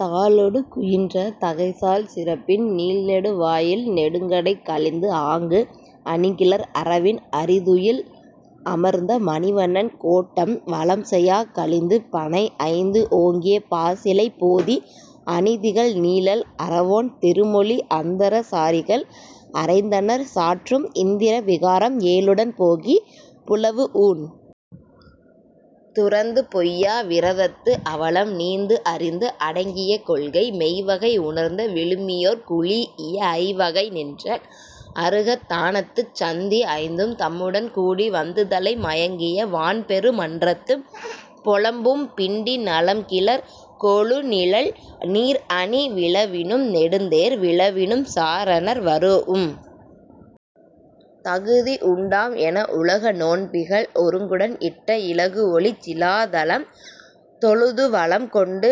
தாளொடு குயின்ற தகைசால் சிறப்பின் நீள்நெடு வாயில் நெடுங்கடை கழிந்துஆங்கு, அணிகிளர் அரவின் அறிதுயில் அமர்ந்த மணிவண்ணன் கோட்டம் வலம்செயாக் கழிந்து, பணைஐந்து ஓங்கிய பாசிலைப் போதி அணிதிகழ் நீழல் அறவோன் திருமொழி அந்தர சாரிகள் அறைந்தனர் சாற்றும் இந்திர விகாரம் ஏழுடன் போகி, புலவுஊண் துறந்து பொய்யா விரதத்து அவலம் நீத்துஅறிந்து அடங்கிய கொள்கை மெய்வகை உணர்ந்த விழுமியோர் குழீஇய ஐவகை நின்ற அருகத் தானத்துச் சந்தி ஐந்தும் தம்முடன் கூடி வந்துதலை மயங்கிய வான்பெரு மன்றத்துப் பொலம்பூம் பிண்டி நலம்கிளர் கொழுநிழல் நீர்அணி விழவினும் நெடுந்தேர் விழவினும் சாரணர் வருஉம் தகுதிஉண் டாம்என உலக நோன்பிகள் ஒருங்குடன் இட்ட இலகுஒளிச் சிலாதலம் தொழுதுவலம் கொண்டு,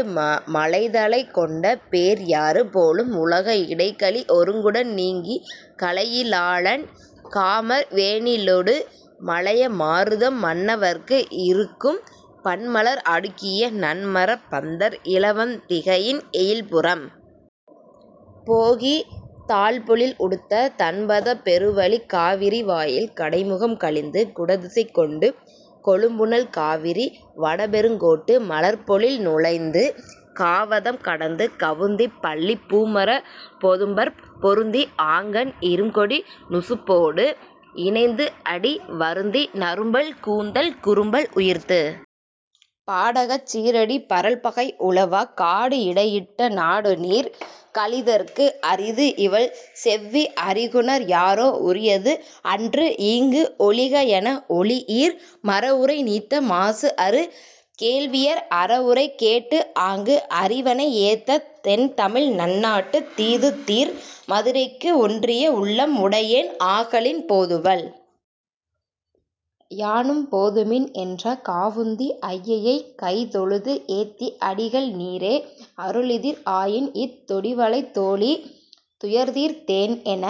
மலைதலைக் கொண்ட பேர்யாறு போலும் உலக இடைகழி ஒருங்குடன் நீங்கி, கலையி லாளன் காமர் வேனிலொடு மலைய மாருதம் மன்னவற்கு இறுக்கும் பன்மலர் அடுக்கிய நன்மரப் பந்தர் இலவந் திகையின் எயில்புறம் போகி, தாழ்பொழில் உடுத்த தண்பதப் பெருவழிக் காவிரி வாயில் கடைமுகம் கழிந்து, குடதிசைக் கொண்டு கொழும்புனல் காவிரி வடபெருங் கோட்டு மலர்ப்பொழில் நுழைந்து, காவதம் கடந்து கவுந்திப் பள்ளிப் பூமரப் பொதும்பர்ப் பொருந்தி ஆங்கண் இறும்கொடி நுசுப்போடு இனைந்துஅடி வருந்தி நறும்பல் கூந்தல் குறும்பல் உயிர்த்து பாடகச் சீறடி பரல்பகை உழவா காடுஇடை யிட்ட நாடுநீர் கழிதற்கு அரிதுஇவள் செவ்வி அறிகுநர் யாரோ உரியது அன்றுஈங்கு ஒழிகஎன ஒழியீர் மறஉரை நீத்த மாசுஅறு கேள்வியர் அறஉரை கேட்டுஆங்கு அறிவனை ஏத்தத் தென்தமிழ் நன்னாட்டுத் தீதுதீர் மதுரைக்கு ஒன்றிய உள்ளம் உடையேன் ஆகலின் போதுவல் யானும் போதுமின் என்ற காவுந்தி ஐயையைக் கைதொழுது ஏத்தி அடிகள் நீரே அருளிதிர் ஆயின்இத் தொடிவளைத் தோளி துயர்த்தீர்த் தேன்என,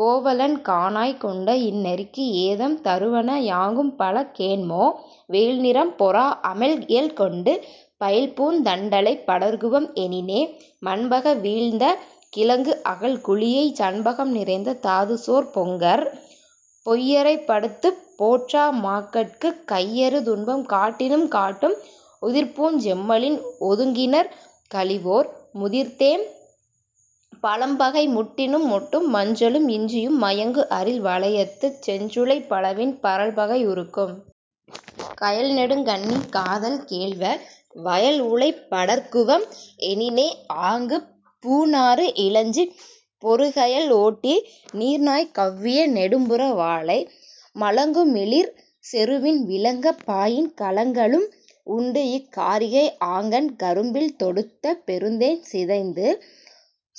கோவலன் காணாய் கொண்ட இந்நெறிக்கு ஏதம் தருவன யாங்கும்பல கேண்மோ: வெயில்நிறம் பொறாஅ மெல்இயல் கொண்டு பயில்பூந் தண்டலைப் படர்குவம் எனினே, மண்பக வீழ்ந்த கிழங்குஅகழ் குழியைச் சண்பகம் நிறைத்த தாதுசோர் பொங்கர் பொய்யறைப் படுத்துப் போற்றா மாக்கட்குக் கையறு துன்பம் காட்டினும் காட்டும், உதிர்ப்பூஞ் செம்மலின் ஒதுங்கினர் கழிவோர் முதிர்த்தேம் பழம்பகை முட்டினும் முட்டும், மஞ்சளும் இஞ்சியும் மயங்குஅரில் வலயத்துச் செஞ்சுளைப் பலவின் பரல்பகை உறுக்கும். கயல்நெடுங் கண்ணி காதல் கேள்வ. வயல்உழைப் படர்க்குவம் எனினே ஆங்குப் பூநாறு இலஞ்சிப் பொருகயல் ஓட்டி நீர்நாய் கெளவிய நெடும்புற வாளை மலங்குமிளிர் செறுவின் விலங்கப் பாயின் கலங்கலும் உண்டுஇக் காரிகை, ஆங்கண் கரும்பில் தொடுத்த பெருந்தேன் சிதைந்து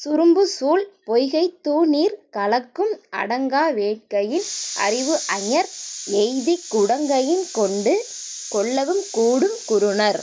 சுரும்புசூழ் பொய்கைத் தூநீர் கலக்கும் அடங்கா வேட்கையின் அறிவுஅஞர் எய்திக் குடங்கையின் கொண்டு கொள்ளவும் கூடும், குறுநர்